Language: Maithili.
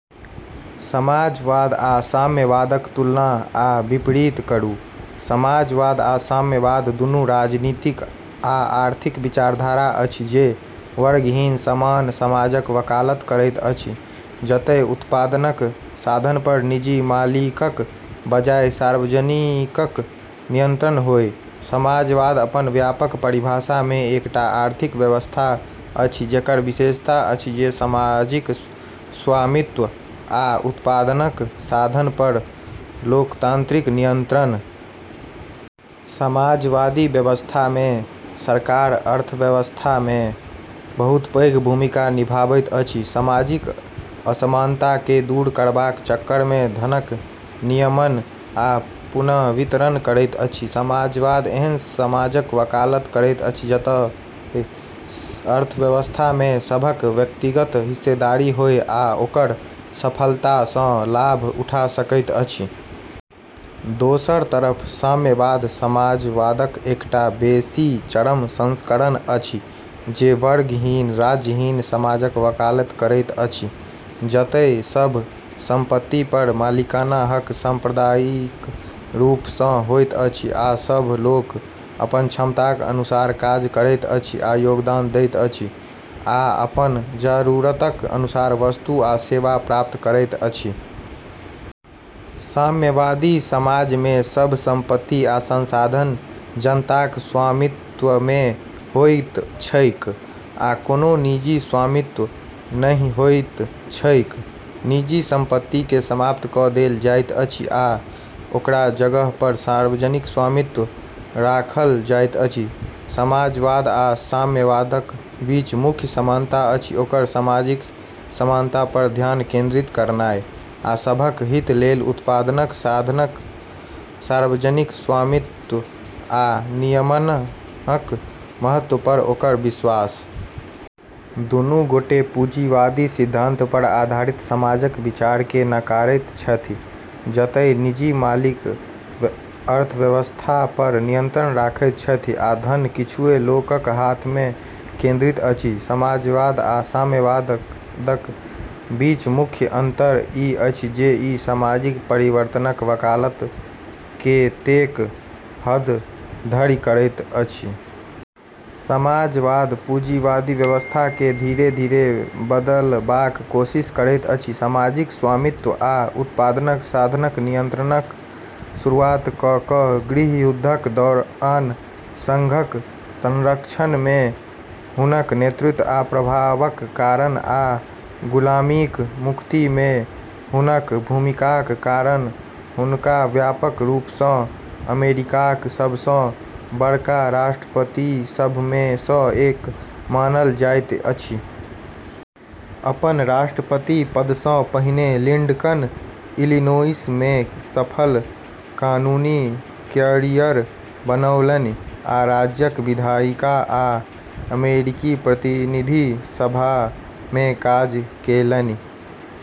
समाजवाद आ साम्यवादक तुलना आ विपरीत करू। समाजवाद आ साम्यवाद दुनू राजनीतिक आ आर्थिक विचारधारा अछि जे वर्गहीन, समान समाजक वकालत करैत अछि जतय उत्पादनक साधनपर निजी मालिकक बजाय सार्वजनिकक नियन्त्रण होय। समाजवाद, अपन व्यापक परिभाषामे, एकटा आर्थिक व्यवस्था अछि जेकर विशेषता अछि जे सामाजिक स्वामित्व आ उत्पादनक साधनपर लोकतान्त्रिक नियन्त्रण। समाजवादी व्यवस्थामे सरकार अर्थव्यवस्थामे बहुत पैघ भूमिका निभाबैत अछि, सामाजिक असमानताकेँ दूर करबाक चक्करमे धनक नियमन आ पुनर्वितरण करैत अछि। समाजवाद एहन समाजक वकालत करैत अछि जतय अर्थव्यवस्थामे सभक व्यक्तिगत हिस्सेदारी होय आ ओकर सफलतासँ लाभ उठा सकैत अछि। दोसर तरफ साम्यवाद समाजवादक एकटा बेसी चरम संस्करण अछि, जे वर्गहीन, राज्यहीन समाजक वकालत करैत अछि, जतय सभ सम्पतिपर मालिकाना हक साम्प्रदायिक रूपसँ होइत अछि, आ सभ लोक अपन क्षमताक अनुसार काज करैत अछि आ योगदान दैत अछि, आ अपन जरूरतक अनुसार वस्तु आ सेवा प्राप्त करैत अछि। साम्यवादी समाजमे सभ सम्पति आ संसाधन जनताक स्वामित्वमे होइत छैक, आ कोनो निजी स्वामित्व नहि होइत छैक। निजी सम्पतिकेँ समाप्त कऽ देल जाइत अछि आ ओकर जगहपर सार्वजनिक स्वामित्व राखल जाइत अछि। समाजवाद आ साम्यवादक बीच मुख्य समानता अछि ओकर सामाजिक समानतापर ध्यान केन्द्रित करनाइ, आ सभक हितलेल उत्पादनक साधनक सार्वजनिक स्वामित्व आ नियमनक महत्वपर ओकर विश्वास। दूनू गोटे पूँजीवादी सिद्धान्तपर आधारित समाजक विचारकेँ नकारैत छथि, जतय निजी मालिक अर्थव्यवस्थापर नियन्त्रण रखैत छथि आ धन किछुए लोकक हाथमे केन्द्रित अछि। समाजवाद आ साम्यवादक बीच मुख्य अन्तर ई अछि जे ई सामाजिक परिवर्तनक वकालत केतेक हदधरि करैत अछि। समाजवाद पूँजीवादी व्यवस्थाकेँ धीरे-धीरे बदलबाक कोशिश करैत अछि, सामाजिक स्वामित्व आ उत्पादनक साधनक नियन्त्रणक शुरुआत कऽ कऽ। गृहयुद्धक दौरान सङ्घक संरक्षणमे हुनक नेतृत्व आ प्रभावक कारण आ गुलामीक मुक्तिमे हुनक भूमिकाक कारण हुनका व्यापक रूपसँ अमेरिकाक सबसँ बड़का राष्ट्रपतिसभमे सँ एक मानल जाइत अछि। अपन राष्ट्रपति पदसँ पहिने लिङ्कन इलिनोइसमे सफल कानूनी क्यारियर बनौलनि आ राज्यक विधायिका आ अमेरिकी प्रतिनिधि सभामे काज केलनि।